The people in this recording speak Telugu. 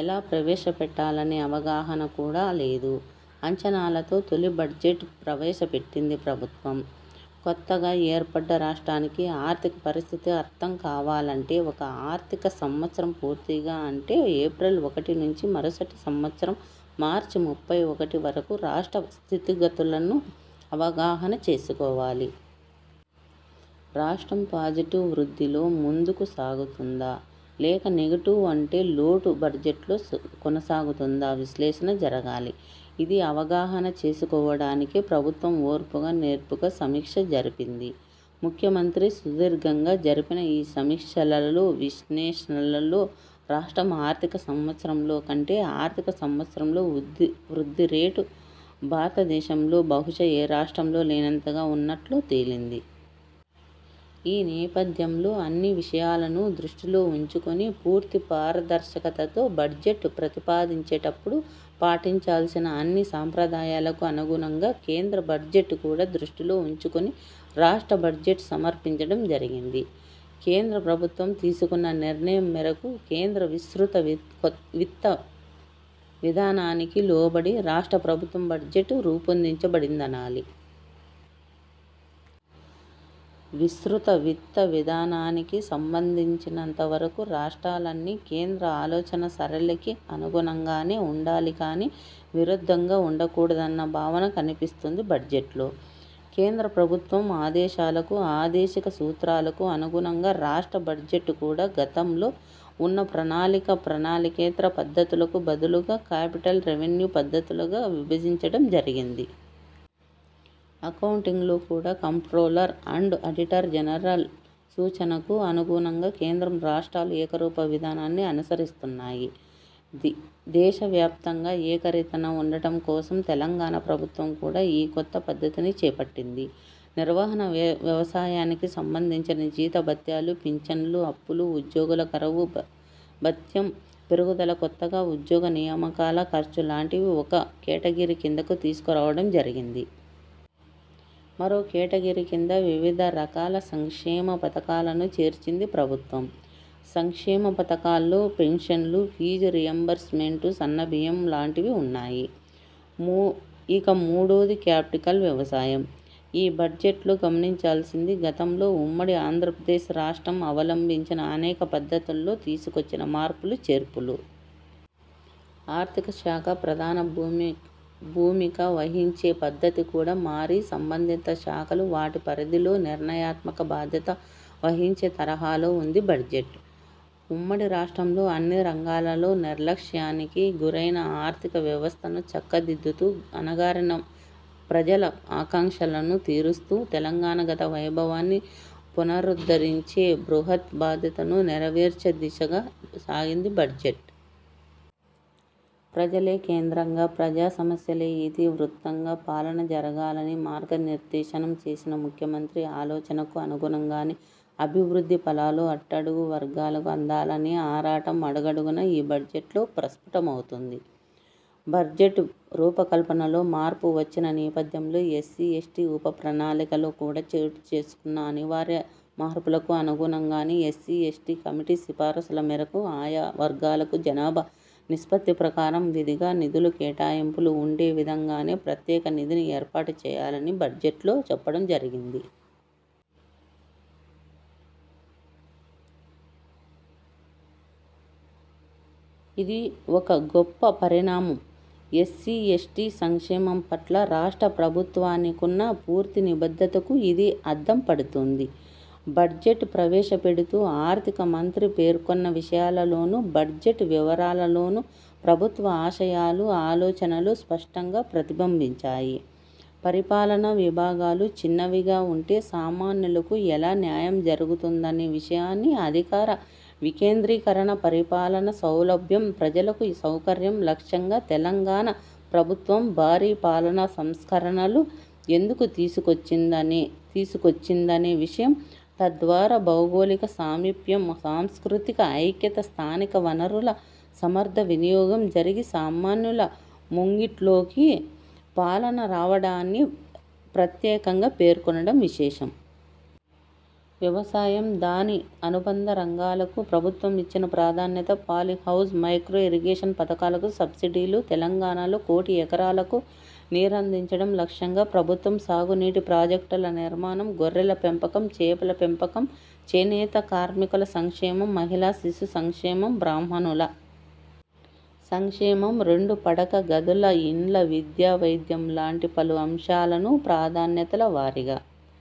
ఎలా ప్రవేశపెట్టాలనే అవగాహన కూడా లేదు. అంచనాలతో తొలి బడ్జెట్ ప్రవేశ పెట్టిందీ ప్రభుత్వం. కొత్తగా ఏర్పడ్డ రాష్ట్రానికి ఆర్థిక పరిస్థితి అర్థం కావాలంటే ఒక ఆర్థిక సంవత్సరం పూర్తిగా, అంటే, ఏప్రిల్ ఒకటి నుంచి మరుసటి సంవత్సరం మార్చి ముప్పై ఒకటి వరకు, రాష్ట్ర స్థితిగతులను అవగాహన చేసుకోవాలి. రాష్ట్రం పాజిటివ్ వృద్ధిలో ముందుకు సాగుతుందా, లేక, నెగెటివ్, అంటే లోటు బడ్జెట్లో కొనసాగుతుందా విశ్లేషణ జరగాలి. ఇది అవగాహన చేసుకోవడానికి ప్రభుత్వం ఓర్పుగా, నేర్పుగా సమీక్ష జరిపింది. ముఖ్యమంత్రి సుదీర్ఘంగా జరిపిన ఈ సమీక్షలలో, విశ్లేషణలలో, రాష్ట్రం ఆర్థిక సంవత్సరంలో కంటే, ఆర్థిక సంవత్సరంలో వృద్ధిరేటు, భారతదేశంలో బహుశా, ఏ రాష్ట్రంలో లేనంతగా వున్నట్లు తేలింది. ఈ నేపథ్యంలో, అన్ని విషయాలను దృష్టిలో వుంచుకుని, పూర్తి పారదర్శకతతో, బడ్జెట్ ప్రతిపాదించేటప్పుడు పాటించాల్సిన అన్ని సాంప్రదాయాలకు అనుగుణంగా, కేంద్ర బడ్జెట్ కూడా దృష్టిలో వుంచుకుని రాష్ట్ర బడ్జెట్ సమర్పించడం జరిగింది. కేంద్ర ప్రభుత్వం తీసుకున్న నిర్ణయం మేరకు, కేంద్ర విస్తృత విత్త విధానానికి లోబడి రాష్ట్ర ప్రభుత్వ బడ్జెట్ రూపొందించబడిందనాలి. విస్తృత విత్త విధానానికి సంబంధించినంతవరకు రాష్ట్రాలన్నీ, కేంద్ర ఆలోచనా సరళికి అనుగుణంగానే వుండాలి కాని, విరుద్ధంగా వుండకూడదన్న భావన కనిపిస్తుందీ బడ్జెట్లో. కేంద్ర ప్రభుత్వం ఆదేశాలకు, ఆదేశిక సూత్రాలకు అనుగుణంగా రాష్ట్ర బడ్జెట్ కూడా, గతంలో వున్న ప్రణాళిక, ప్రణాళికేతర పద్దులకు బదులుగా, కాపిటల్, రెవెన్యూ పద్దులుగా విభజించడం జరిగింది. అకౌంటింగ్లో కూడా కంప్ట్రోలర్ అండ్ ఆడిటర్ జనరల్ సూచనకు అనుగుణంగా కేంద్రం, రాష్ట్రాలు ఏకరూప విధానాన్ని అనుసరిస్తున్నాయి. దేశ వ్యాప్తంగా ఏకరీతిన ఉండటం కోసం తెలంగాణ ప్రభుత్వం కూడా ఈ కొత్త పద్ధతిని చేపట్టింది. నిర్వహణ వ్యయానికి సంబంధించిన జీతభత్యాలు, పింఛన్లు, అప్పులు, ఉద్యోగుల కరవు భత్యం పెరుగుదల, కొత్తగా ఉద్యోగ నియామకాల ఖర్చు లాంటివి ఒక కేటగిరీ కిందకు తీసుకురావడం జరిగింది. మరో కేటగిరీ కింద వివిధ రకాల సంక్షేమ పథకాలను చేర్చింది ప్రభుత్వం. సంక్షేమ పథకాల్లో పెన్షన్లు, ఫీజు రీయింబర్స్ మెంట్, సన్న బియ్యం లాంటివి వున్నాయి. ఇక మూడోది క్యాపిటల్ వ్యయం. ఈ బడ్జెట్లో గమనించాల్సింది, గతంలో ఉమ్మడి ఆంధ్రప్రదేశ్ రాష్ట్రం అవలంబించిన అనేక పద్ధతుల్లో తీసుకొచ్చిన మార్పులు, చేర్పులు. ఆర్థిక శాఖ ప్రధాన భూమిక వహించే పద్ధతి కూడా మారి, సంబంధిత శాఖలు వాటి, పరిధిలో నిర్ణయాత్మక బాధ్యత వహించే తరహాలో వుందీ బడ్జెట్. ఉమ్మడి రాష్ట్రంలో అన్ని రంగాలలో నిర్లక్ష్యానికి గురైన ఆర్థిక వ్యవస్థను చక్కదిద్దుతూ, అణగారిన ప్రజల ఆకాంక్షలను తీరుస్తూ, తెలంగాణ గత వైభవాన్ని పునరుద్ధరించే బృహత్ బాధ్యతను నెరవేర్చే దిశగా సాగిందీ బడ్జెట్. ప్రజలే కేంద్రంగా, ప్రజా సమస్యలే ఇతి వృత్తంగా పాలన సాగాలని మార్గ నిర్దేశనం చేసిన ముఖ్యమంత్రి ఆలోచనకు అనుగుణంగానే, అభివృద్ధి ఫలాలు అట్టడుగు వర్గాలకు అందాలనే ఆరాటం అడుగడుగునా ఈ బడ్జెట్లో ప్రస్ఫుటమవుతుంది. బడ్జెట్ రూపకల్పనలో మార్పులు వచ్చిన నేపథ్యంలో ఎస్సీ, ఎస్టీ ఉప ప్రణాళికలో కూడా చోటుచేసుకున్న అనివార్య మార్పులకు అనుగుణంగానే, ఎస్సీ, ఎస్టీ కమిటీ సిఫారసుల మేరకు ఆయా వర్గాలకు జనాభా నిష్పత్తి ప్రకారం విధిగా నిధుల కేటాయింపులు ఉండే విధంగానే ప్రత్యేక నిధిని ఏర్పాటు చేయాలని బడ్జెట్లో చెప్పడం జరిగింది. ఇది ఒక గొప్ప పరిణామం. ఎస్సీ, ఎస్టీ సంక్షేమం పట్ల రాష్ట్ర ప్రభుత్వానికున్న పూర్తి నిబద్ధతకు ఇది అద్దం పడుతుంది. బడ్జెట్ ప్రవేశపెడుతూ ఆర్థిక మంత్రి పేర్కొన్న విషయాలలోనూ, బడ్జెట్ వివరాల్లోనూ, ప్రభుత్వ ఆశయాలు, ఆలోచనలు స్పష్టంగా ప్రతిబింబించాయి. పరిపాలనా విభాగాలు చిన్నవిగా వుంటే సామాన్యులకు ఎలా న్యాయం జరుగుతుందనే విషయాన్నీ, అధికార వికేంద్రీకరణ, పరిపాలనా సౌలభ్యం, ప్రజలకు సౌకర్యం లక్ష్యంగా తెలంగాణ ప్రభుత్వం భారీ పాలనా సంస్కరణలు ఎందుకు తీసుకొచ్చింది అనే విషయం, తద్వారా, భౌగోళిక సామీప్యం, సాంస్కృతిక ఐక్యత, స్థానిక వనరుల సమర్థ వినియోగం జరిగి, సామాన్యుల ముంగిట్లోకి పాలన రావడాన్ని ప్రత్యేకంగా పేర్కొనడం విశేషం. వ్యవసాయం, దాని అనుబంధ రంగాలకు ప్రభుత్వం ఇచ్చిన ప్రాధాన్యత పాలి హౌజ్, మైక్రో ఇరిగేషన్ పథకాలకు సబ్సిడీలు తెలంగాణలో కోటి ఎకరాలకు నీరందించడం లక్ష్యంగా ప్రభుత్వం సాగునీటి ప్రాజెక్టుల నిర్మాణం గొర్రెల పెంపకం చేపల పెంపకం చేనేత కార్మికుల సంక్షేమం మహిళా శిశు సంక్షేమం బ్రాహ్మణుల సంక్షేమం రెండు పడక గదుల ఇండ్లు విద్య వైద్యం లాంటి పలు అంశాలను ప్రాధాన్యతల వారీగా